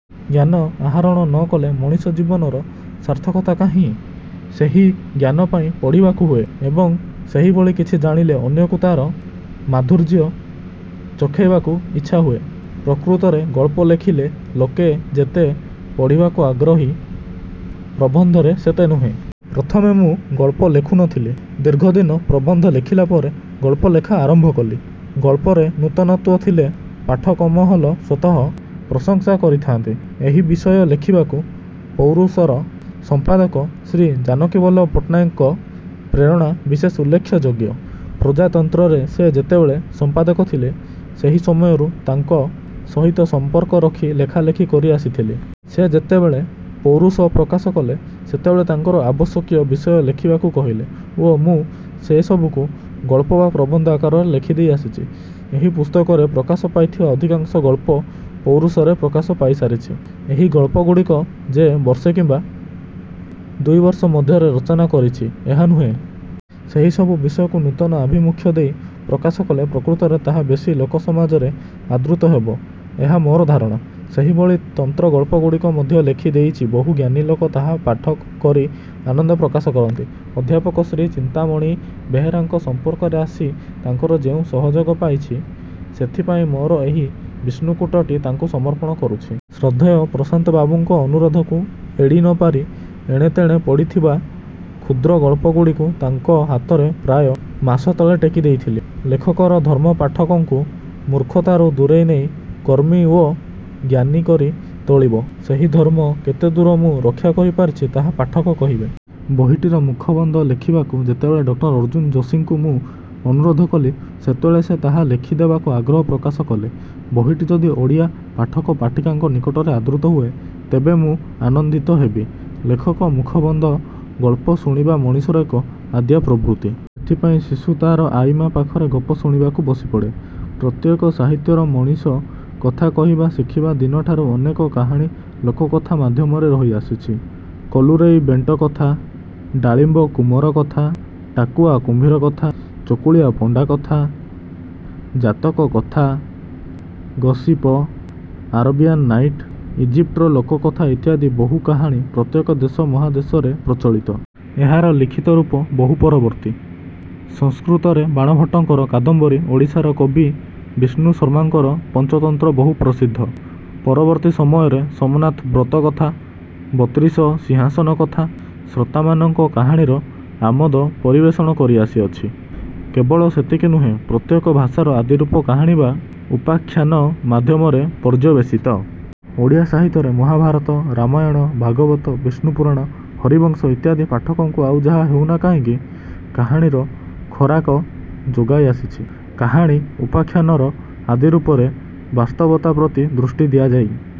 ଜ୍ଞାନ ଆହାରଣ ନ କଲେ ମଣିଷ ଜୀବନର ସାର୍ଥକତା କାହିଁ? ସେହି ଜ୍ଞାନ ପାଇଁ ପଢ଼ିବାକୁ ହୁଏ ଏବଂ ସେହିଭଳି କିଛି ଜାଣିଲେ ଅନ୍ୟଙ୍କୁ ତାର ମାଧୁର୍ଯ୍ୟ ଚଖେଇବାକୁ ଇଚ୍ଛା ହୁଏ। ପ୍ରକୃତରେ ଗଳ୍ପ ଲେଖିଲେ ଲୋକେ ଯେତେ ପଢ଼ିବାକୁ ଆଗ୍ରହୀ ପ୍ରବନ୍ଧରେ ସେତେ ନୁହେଁ। ପ୍ରଥମେ ମୁଁ ଗଳ୍ପ ଲେଖୁ ନଥିଲି। ଦୀର୍ଘଦିନ ପ୍ରବନ୍ଧ ଲେଖିଲା ପରେ ଗଳ୍ପଲେଖା ଆରମ୍ଭ କଲି। ଗଳ୍ପରେ ନୂତନତ୍ୱ ଥିଲେ ପାଠକମହଲ ସ୍ୱତଃ ପ୍ରଶଂସା କରିଥାନ୍ତି। ଏହି ବିଷୟ ଲେଖିବାକୁ ପୌରୁଷର ସମ୍ପାଦକ ଶ୍ରୀ ଜାନକୀ ବଲ୍ଲଭ ପଟ୍ଟନାୟକଙ୍କ ପ୍ରେରଣା ବିଶେଷ ଉଲ୍ଲେଖଯୋଗ୍ୟ। ପ୍ରଜାତନ୍ତ୍ରରେ ସେ ଯେତେବେଳେ ସମ୍ପାଦକ ଥିଲେ ସେହି ସମୟରୁ ତାଙ୍କ ସହିତ ସମ୍ପର୍କ ରଖି ଲେଖାଲେଖି କରି ଆସିଥିଲି। ସେ ଯେତେବେଳେ 'ପୌରୁଷ' ପ୍ରକାଶ କଲେ ସେତେବେଳେ ତାଙ୍କର ଆବଶ୍ୟକୀୟ ବିଷୟ ଲେଖିବାକୁ କହିଲେ ଓ ମୁଁ ସେସବୁ ଗଳ୍ପ ବା ପ୍ରବନ୍ଧ ଆକାରରେ ଦେଇ ଆସିଛି। ଏହି ପୁସ୍ତକରେ ପ୍ରକାଶ ପାଇଥିବା ଅଧିକାଂଶ ଗଳ୍ପ ପୌରୁଷରେ ପ୍ରକାଶ ପାଇସାରିଛି। ଏହି ଗଳ୍ପଗୁଡ଼ିକ ଯେ ବର୍ଷେ କିମ୍ୱା ଦୁଇବର୍ଷ ମଧ୍ୟରେ ରଚନା କରିଛି ଏହା ନୁହେଁ। ସେହି ସବୁ ବିଷୟକୁ ନୂତନ ଆଭିମୁଖ୍ୟ ଦେଇ ପ୍ରକାଶ କଲେ ପ୍ରକୃତରେ ତାହା ବେଶୀ ଲୋକସମାଜରେ ଆଦୃତ ହେବ ଏହା ମୋର ଧାରଣା। ସେହିଭଳି ତନ୍ତ୍ରଗଳ୍ପଗୁଡ଼ିକ ମଧ୍ୟ ଲେଖି ଦେଖିଛି ବହୁ ଜ୍ଞାନୀଲୋକ ତାହା ପାଠ କରି ଆନନ୍ଦ ପ୍ରକାଶ କରନ୍ତି। ଅଧ୍ୟାପକ ଶ୍ରୀ ଚିନ୍ତାମଣି ବେହେରାଙ୍କ ସମ୍ପର୍କରେ ଆସି ତାଙ୍କର ଯେଉଁ ସହଯୋଗ ପାଇଛି ସେଥିପାଇଁ ମୋର ଏହି 'ବିଷ୍ଣୁକୂଟ'ଟି ତାଙ୍କୁ ସମର୍ପଣ କରୁଛି। ଶ୍ରଦ୍ଧେୟ ପ୍ରଶାନ୍ତ ବାବୁଙ୍କ ଅନୁରୋଧକୁ ଏଡ଼ି ନପାରି ଏଣେତେଣେ ପଢ଼ିଥିବା କ୍ଷୁଦ୍ର ଗଳ୍ପଗୁଡ଼ିକୁ ତାଙ୍କ ହାତରେ ପ୍ରାୟ। ମାସ ତଳେ ଟେକି ଦେଇଥିଲି। ଲେଖକର ଧର୍ମ ପାଠକଙ୍କୁ ମୂର୍ଖତାରୁ ଦୂରେଇନେଇ କର୍ମୀ ଓ ଜ୍ଞାନୀକରି ତୋଳିବ। ସେହି ଧର୍ମ କେତେଦୂର ମୁଁ ରକ୍ଷା କରିପାରିଛି ତାହା ପାଠକ କହିବେ। ବହିଟିର ମୁଖବନ୍ଧ ଲେଖିବାକୁ ଯେତେବେଳେ ଡଃ ଅର୍ଜ୍ଜୁନ ଯୋଷୀଙ୍କୁ ମୁଁ ଅନୁରୋଧ କଲି ସେତେବେଳେ ସେ ତାହା ଲେଖି ଦେବାକୁ ଆଗ୍ରହ ପ୍ରକାଶ କଲେ। ବହିଟି ଯଦି ଓଡ଼ିଆ ପାଠକ ପାଠିକାଙ୍କ ନିକଟରେ ଆଦୃତ ହୁଏ ତେବେ ମୁଁ ଆନନ୍ଦିତ ହେବି। ଲେଖକ ମୁଖବନ୍ଧ ଗଳ୍ପ ଶୁଣିବା ମଣିଷର ଏକ ଆଦିଆ ପ୍ରବୃତ୍ତି। ସେଥିପାଇଁ ଶିଶୁ ତାର 'ଆଈମା' ପାଖରେ ଗପ ଶୁଣିବାକୁ ବସିପଡ଼େ। ପ୍ରତ୍ୟେକ ସାହିତ୍ୟରେ ମଣିଷ କଥା କହିବା ଶିଖିବ ଦିନଠାରୁ ଅନେକ କାହାଣୀ ଲୋକକଥା ମାଧ୍ୟମରେ ରହିଆସିଛି। କଲୁରେଇ ବେଣ୍ଟ କଥା, ଡାଳିମ୍ୱକୁମର କଥା, ଟାକୁଆ କୁମ୍ଭୀର କଥା, ଚକୁଳିଆ ପଣ୍ଡା କଥା, ଜାତକ କଥା, ଗସିପ, ଆରବୀୟାନ ନାଇଟ୍, ଇଜିପ୍ଟର ଲୋକ କଥା ଇତ୍ୟାଦି ବହୁ କାହାଣୀ ପ୍ରତ୍ୟେକ ଦେଶ ମହାଦେଶରେ ପ୍ରଚଳିତ। ଏହାର ଲିଖିତ ରୂପ ବହୁ ପରବର୍ତ୍ତୀ। ସଂସ୍କୃତରେ ବାଣଭଟ୍ଟଙ୍କର 'କାଦମ୍ୱରୀ', ଓଡ଼ିଶାର କବି ବିଷ୍ଣୁ ଶର୍ମାଙ୍କର 'ପଞ୍ଚତନ୍ତ୍ର' ବହୁ ପ୍ରସିଦ୍ଧ। ପରବର୍ତ୍ତୀ ସମୟରେ 'ସୋମନାଥ ବ୍ରତ କଥା', 'ବତ୍ରିଶ ସିଂହାସନ କଥା' ଶ୍ରୋତାମାନଙ୍କ କାହାଣୀର ଆମୋଦ ପରିବେଷଣ କରି ଆସିଅଛି। କେବଳ ସେତିକି ନୁହେଁ ପ୍ରତ୍ୟେକ ଭାଷାର ଆଦିରୂପ କାହାଣୀ ବା ଉପାଖ୍ୟାନ ମାଧ୍ୟମରେ ପର୍ଯ୍ୟବେଶିତ। ଓଡ଼ିଆ ସାହିତ୍ୟରେ ମହାଭାରତ, ରାମାୟଣ, ଭାଗବତ, ବିଷ୍ଣୁ ପୁରାଣ, ହରିବଂଶ ଇତ୍ୟାଦି ପାଠକଙ୍କୁ ଆଉ ଯାହା ହେଉନା କାହିଁକି କାହାଣୀର ଖୋରାକ ଯୋଗାଇ ଆସିଛି। କାହାଣୀ ଉପାଖ୍ୟାନର ଆଦି ରୂପରେ ବାସ୍ତବତା ପ୍ରତି ଦୃଷ୍ଟି ଦିଆଯାଇ